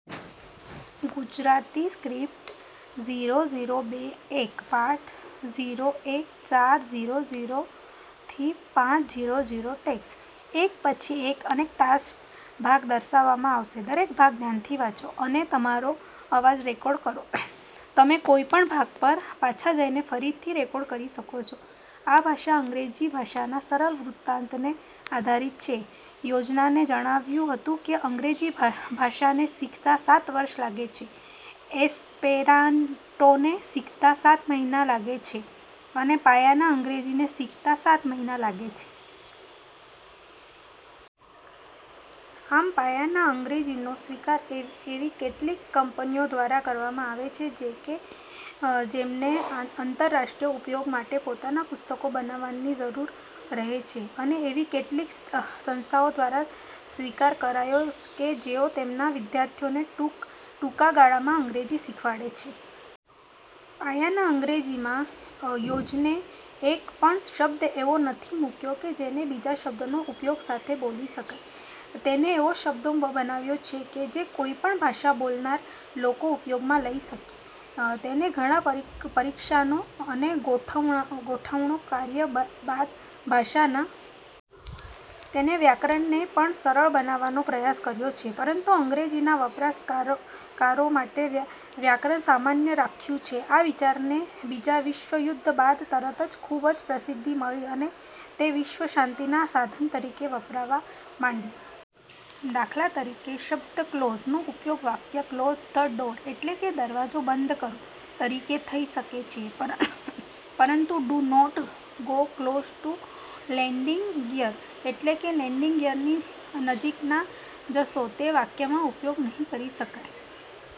આ ભાષા અંગ્રેજી ભાષાના સરલ વૃત્તાંતને આધારિત છે. ઓજને જણાવ્યું હતું કે અંગ્રેજી ભાષાને શીખતા સાત વર્ષ લાગે છે, એસ્પેરાન્ટોને શીખતા સાત મહિના લાગે છે અને પાયાનાં અંગ્રેજીને શીખતા સાત મહિના લાગે છે. આમ પાયાના અંગ્રેજીનો સ્વીકાર એવી કેટલીક કંપનીઓ દ્વારા કરવામાં આવ્યો છે કે જેમને આંતરરાષ્ટ્રીય ઉપયોગ માટે પોતાનાં પુસ્તકો બનાવવાની જરૂર રહે છે અને એવી કેટલીક સંસ્થાઓ દ્વારા સ્વીકાર કરાયો કે જેઓ તેમના વિદ્યાર્થીઓને ટૂંકાગાળામાં અંગ્રેજી શીખવાડવા માગે છે. પાયાના અંગ્રેજીમાં ઓજને એક પણ શબ્દ એવો નથી મૂક્યો કે જેને બીજા શબ્દોના ઉપયોગ સાથે બોલી શકાય. તેણે એવા શબ્દો બનાવ્યા છે કે જે કોઇ પણ ભાષા બોલનારા લોકો ઉપયોગમાં લઇ શકે. તેણે ઘણાં પરીક્ષણો અને ગોઠવણો કર્યા બાદ ભાષાના શબ્દો બનાવ્યા છે. તેણે વ્યાકરણને પણ સરળ બનાવવાનો પ્રયાસ કર્યો છે પરંતુ અંગ્રેજીના વપરાશકારો માટે વ્યાકરણ સામાન્ય રાખ્યું છે. આ વિચારને બીજાં વિશ્વયુદ્ધ બાદ તરત જ ખૂબ જ પ્રસિદ્ધિ મળી અને તે વિશ્વશાંતિના સાધન તરીકે વપરાવા માંડ્યું. દા. ત. શબ્દ ક્લોઝ નો ઉપયોગ વાક્ય " ક્લોઝ ધ ડોર" એટલે કે દરવાજો બંધ કરો તરીકે થઇ શકે છે પરંતુ "do not go close to landing gear" એટલે કે લેન્ડિંગ ગિયરની નજીક ના જશો તે વાક્યમાં ઉપયોગ નહીં કરી શકાય.